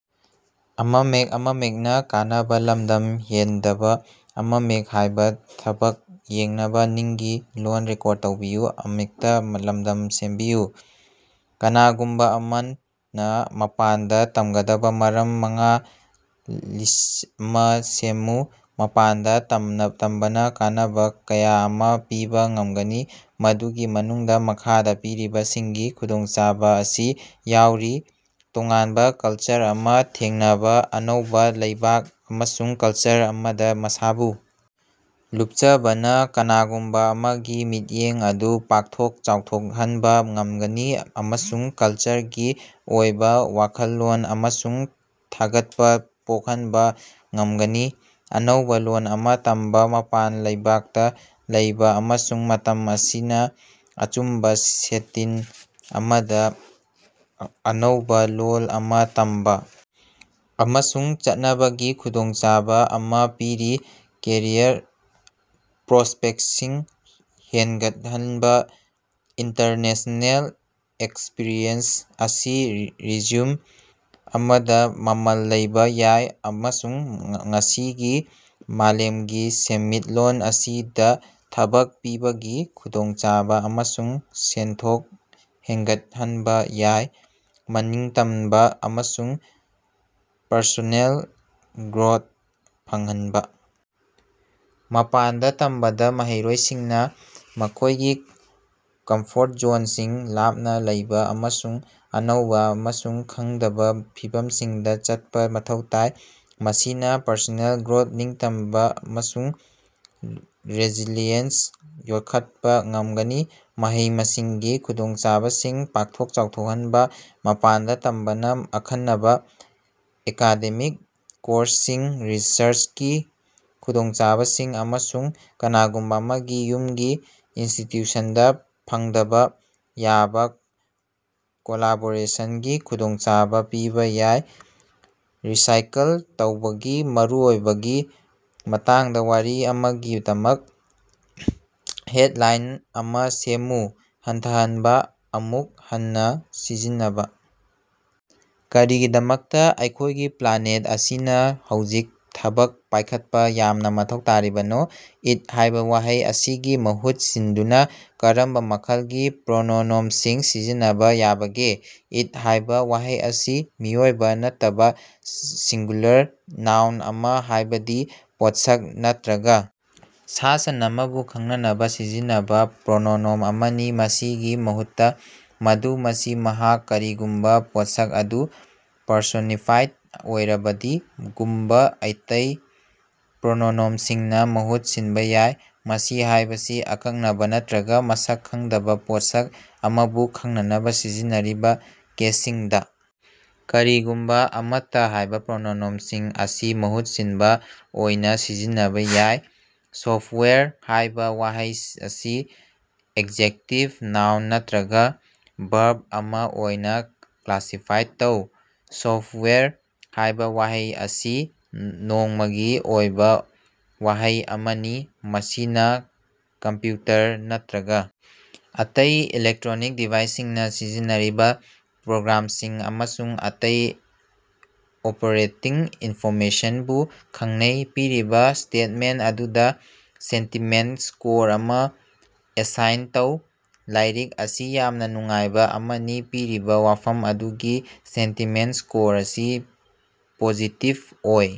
ꯀꯅꯥꯒꯨꯝꯕ ꯑꯃꯅ ꯃꯄꯥꯟꯗ ꯇꯝꯒꯗꯕ ꯃꯔꯝ ꯃꯉꯥꯒꯤ ꯂꯤꯁ ꯑꯃꯥ ꯁꯦꯝꯃꯨ꯫ ꯃꯄꯥꯟꯗ ꯇꯝꯕꯅ ꯀꯥꯟꯅꯕ ꯀꯌꯥ ꯑꯃ ꯄꯤꯕ ꯉꯝꯒꯅꯤ, ꯃꯗꯨꯒꯤ ꯃꯅꯨꯡꯗ ꯃꯈꯥꯗ ꯄꯤꯔꯤꯕꯁꯤꯡꯁꯤꯒꯤ ꯈꯨꯗꯣꯡꯆꯥꯕ ꯑꯁꯤ ꯌꯥꯎꯔꯤ: ꯇꯣꯉꯥꯟꯕ ꯀꯜꯆꯔ ꯑꯃ ꯊꯦꯡꯅꯕ, ꯑꯅꯧꯕ ꯂꯩꯕꯥꯛ ꯑꯃꯁꯨꯡ ꯀꯜꯆꯔ ꯑꯃꯗ ꯃꯁꯥꯕꯨ ꯂꯨꯞꯆꯕꯅ ꯀꯅꯥꯒꯨꯝꯕ ꯑꯃꯒꯤ ꯃꯤꯠꯌꯦꯡ ꯑꯗꯨ ꯄꯥꯛꯊꯣꯛ ꯆꯥꯎꯊꯣꯛꯍꯟꯕ ꯉꯝꯒꯅꯤ ꯑꯃꯁꯨꯡ ꯀꯜꯆꯔꯒꯤ ꯑꯣꯏꯕ ꯋꯥꯈꯜꯂꯣꯟ ꯑꯃꯁꯨꯡ ꯊꯥꯒꯠꯄ ꯄꯣꯛꯍꯟꯕ ꯉꯝꯒꯅꯤ꯫ ꯑꯅꯧꯕ‌ ꯂꯣꯜ ꯑꯃ ꯇꯝꯕ, ꯃꯄꯥꯟ ꯂꯩꯕꯥꯛꯇ ꯂꯩꯕ ꯑꯃꯁꯨꯡ ꯃꯇꯝꯕ ꯑꯁꯤ ꯑꯆꯨꯝꯕ‌ ꯁꯦꯇꯤꯡ ꯑꯃꯗ‌ ꯑꯅꯧꯕ ꯂꯣꯜ ꯑꯃ ꯇꯝꯕ ꯑꯃꯁꯨꯡ ꯆꯠꯅꯕꯒꯤ ꯈꯨꯗꯣꯡꯆꯥꯕ ꯑꯃ ꯄꯤꯔꯤ꯫ ꯀꯦꯔꯤꯌꯔ ꯄ꯭ꯔꯣꯁꯄꯦꯛꯁꯤꯡ ꯍꯦꯟꯒꯠꯍꯟꯕ: ꯏꯟꯇꯔꯅꯦꯁꯅꯦꯜ ꯑꯦꯛꯁꯄꯤꯔꯤꯌꯦꯟꯁ ꯑꯁꯤ ꯔꯤꯖ꯭ꯌꯨꯝ ꯑꯃꯗ ꯃꯃꯜ ꯂꯩꯕ ꯌꯥꯏ ꯑꯃꯁꯨꯡ ꯉꯁꯤꯒꯤ ꯃꯥꯂꯦꯝꯒꯤ ꯁꯦꯟꯃꯤꯠꯂꯣꯟ ꯑꯁꯤꯗ ꯊꯕꯛ ꯄꯤꯕꯒꯤ ꯈꯨꯗꯣꯡꯆꯥꯕ ꯑꯃꯁꯨꯡ ꯁꯦꯟꯊꯣꯛ ꯍꯦꯟꯒꯠꯍꯟꯕ ꯌꯥꯏ꯫ ꯃꯅꯤꯡꯇꯝꯕ ꯑꯃꯁꯨꯡ ꯄꯔꯁꯣꯅꯦꯜ ꯒ꯭ꯔꯣꯊ ꯐꯪꯍꯟꯕ: ꯃꯄꯥꯟꯗ ꯇꯝꯕꯗꯥ ꯃꯍꯩꯔꯣꯏꯁꯤꯡꯅ ꯃꯈꯣꯏꯒꯤ ꯀꯝꯐꯣꯔꯠ ꯖꯣꯟꯁꯤꯡ ꯂꯥꯞꯅ ꯂꯩꯕ ꯑꯃꯁꯨꯡ ꯑꯅꯧꯕ ꯑꯃꯁꯨꯡ ꯈꯪꯗꯕ ꯐꯤꯚꯝꯁꯤꯡꯗ ꯆꯠꯄ‌ ꯃꯊꯧ ꯇꯥꯏ, ꯃꯁꯤꯅ ꯄꯔꯁꯣꯅꯦꯜ ꯒ꯭ꯔꯣꯊ, ꯅꯤꯡꯇꯝꯕ ꯑꯃꯁꯨꯡ ꯔꯦꯁꯤꯂꯤꯌꯦꯟꯁ ꯌꯣꯛꯈꯠꯄ ꯉꯝꯒꯅꯤ꯫ ꯃꯍꯩ-ꯃꯁꯤꯡꯒꯤ ꯈꯨꯗꯣꯡꯆꯥꯕꯁꯤꯡ ꯄꯥꯛꯊꯣꯛ ꯆꯥꯎꯊꯣꯛꯍꯟꯕ: ꯃꯄꯥꯟꯗ ꯇꯝꯕꯅ ꯑꯈꯟꯅꯕ ꯑꯦꯀꯥꯗꯦꯃꯤꯛ ꯀꯣꯔ꯭ꯁꯁꯤꯡ, ꯔꯤꯁꯔꯆꯀꯤ ꯈꯨꯗꯣꯡꯆꯥꯕꯁꯤꯡ, ꯑꯃꯁꯨꯡ ꯀꯅꯥꯒꯨꯝꯕ ꯑꯃꯒꯤ ꯌꯨꯝꯒꯤ ꯏꯟꯁꯇꯤꯇ꯭ꯌꯨꯁꯟꯗ ꯐꯪꯗꯕ ꯌꯥꯕ ꯀꯣꯂꯥꯕꯣꯔꯦꯁꯟꯁꯤꯡꯒꯤ ꯈꯨꯗꯣꯡꯆꯥꯕ ꯄꯤꯕ ꯌꯥꯏ꯫ ꯔꯤꯁꯥꯏꯀꯜ ꯇꯧꯕꯒꯤ ꯃꯔꯨꯑꯣꯏꯕꯒꯤ ꯃꯇꯥꯡꯗꯥ ꯋꯥꯔꯤ ꯑꯃꯒꯤꯗꯃꯛ ꯍꯦꯗꯂꯥꯏꯟ ꯑꯃꯥ ꯁꯦꯝꯃꯨ꯫ "ꯍꯟꯊꯍꯟꯕ, ꯑꯃꯨꯛ ꯍꯟꯅꯥ ꯁꯤꯖꯤꯟꯅꯕ! ꯀꯔꯤꯒꯤꯗꯃꯛꯇ ꯑꯩꯈꯣꯏꯒꯤ ꯄ꯭ꯂꯥꯅꯦꯠ ꯑꯁꯤꯅ ꯍꯧꯖꯤꯛ ꯊꯕꯛ ꯄꯥꯏꯈꯠꯄ ꯌꯥꯝꯅ ꯃꯊꯧ ꯇꯥꯔꯤꯕꯅꯣ?" 'ꯏꯠ' ꯍꯥꯏꯕꯥ ꯋꯥꯍꯩ ꯑꯁꯤꯒꯤ ꯃꯍꯨꯠ ꯁꯤꯟꯗꯨꯅ ꯀꯔꯝꯕ ꯃꯈꯜꯒꯤ ꯄ꯭ꯔꯣꯅꯣꯅꯣꯝꯁꯤꯡ ꯁꯤꯖꯤꯟꯅꯕ ꯌꯥꯕꯒꯦ? "ꯏꯠ" ꯍꯥꯏꯕꯥ ꯋꯥꯍꯩ ꯑꯁꯤ ꯃꯤꯑꯣꯏꯕ ꯅꯠꯇꯕꯥ ꯁꯤꯡꯒ꯭ꯌꯨꯂꯔ ꯅꯥꯎꯟ ꯑꯃ ꯍꯥꯏꯕꯗꯤ ꯄꯣꯠꯁꯛ ꯅꯠꯇ꯭ꯔꯒ ꯁꯥ-ꯁꯟ ꯑꯃꯕꯨ ꯈꯪꯅꯅꯕ ꯁꯤꯖꯤꯟꯅꯕꯥ ꯄ꯭ꯔꯣꯅꯣꯅꯣꯝ ꯑꯃꯅꯤ꯫ ꯃꯁꯤꯒꯤ ꯃꯍꯨꯠꯇꯥ "ꯃꯗꯨ", "ꯃꯁꯤ", "ꯃꯍꯥꯛ" (ꯀꯔꯤꯒꯨꯝꯕꯥ ꯄꯣꯠꯁꯛ ꯑꯗꯨ ꯄꯔꯁꯣꯅꯤꯐꯥꯏꯗ ꯑꯣꯏꯔꯕꯗꯤ) ꯒꯨꯝꯕꯥ ꯑꯇꯩ ꯄ꯭ꯔꯣꯅꯣꯅꯣꯝꯁꯤꯡꯅ ꯃꯍꯨꯠ ꯁꯤꯟꯕꯥ ꯌꯥꯏ꯫ "ꯃꯁꯤ" ꯍꯥꯏꯕꯁꯤ ꯑꯀꯛꯅꯕ ꯅꯠꯇ꯭ꯔꯒ ꯃꯁꯛ ꯈꯪꯗꯕ ꯄꯣꯠꯁꯛ ꯑꯃꯕꯨ ꯈꯪꯅꯅꯕ ꯁꯤꯖꯤꯟꯅꯔꯤꯕ ꯀꯦꯁꯁꯤꯡꯗ, "ꯀꯔꯤꯒꯨꯝꯕ ꯑꯃꯠꯇ" ꯍꯥꯏꯕ ꯄ꯭ꯔꯣꯅꯣꯅꯣꯝꯁꯤꯡ ꯑꯁꯤ ꯃꯍꯨꯠ ꯁꯤꯟꯕ ꯑꯣꯏꯅ ꯁꯤꯖꯤꯟꯅꯕ ꯌꯥꯏ꯫ "ꯁꯣꯐꯋꯦꯌꯔ" ꯍꯥꯏꯕ ꯋꯥꯍꯩ ꯑꯁꯤ ꯑꯦꯛꯖꯦꯛꯇꯤꯚ, ꯅꯥꯎꯟ ꯅꯠꯇ꯭ꯔꯒ ꯚꯔꯕ ꯑꯃꯥ ꯑꯣꯏꯅ ꯀ꯭ꯂꯥꯁꯤꯐꯥꯏ ꯇꯧ꯫ "ꯁꯣꯐꯋꯦꯌꯔ" ꯍꯥꯏꯕ ꯋꯥꯍꯩ ꯑꯁꯤ ꯅꯣꯡꯃꯒꯤ ꯑꯣꯏꯕ ꯋꯥꯍꯩ ꯑꯃꯅꯤ꯫ ꯃꯁꯤꯅ ꯀꯝꯄ꯭ꯌꯨꯇꯔ ꯅꯠꯇ꯭ꯔꯒ ꯑꯇꯩ ꯏꯂꯦꯛꯇ꯭ꯔꯣꯅꯤꯛ ꯗꯤꯚꯥꯏꯁꯁꯤꯡꯅ ꯁꯤꯖꯤꯟꯅꯔꯤꯕ ꯄ꯭ꯔꯣꯒ꯭ꯔꯥꯝꯁꯤꯡ ꯑꯃꯁꯨꯡ ꯑꯇꯩ ꯑꯣꯄꯔꯦꯇꯤꯡ ꯏꯟꯐꯣꯔꯃꯦꯁꯟꯕꯨ ꯈꯪꯅꯩ꯫ ꯄꯤꯔꯤꯕ ꯁ꯭ꯇꯦꯠꯃꯦꯟ ꯑꯗꯨꯗ ꯁꯦꯟꯇꯤꯃꯦꯟꯇ ꯁ꯭ꯀꯣꯔ ꯑꯃ ꯑꯦꯁꯥꯏꯟ ꯇꯧ꯫ ꯂꯥꯏꯔꯤꯛ ꯑꯁꯤ ꯌꯥꯝꯅ ꯅꯨꯡꯉꯥꯏꯕ ꯑꯃꯅꯤ꯫ ꯄꯤꯔꯤꯕꯥ ꯋꯥꯐꯝ ꯑꯗꯨꯒꯤ ꯁꯦꯟꯇꯤꯃꯦꯟ ꯁ꯭ꯀꯣꯔ ꯑꯁꯤ ꯄꯣꯖꯤꯇꯤꯕ ꯑꯣꯏ꯫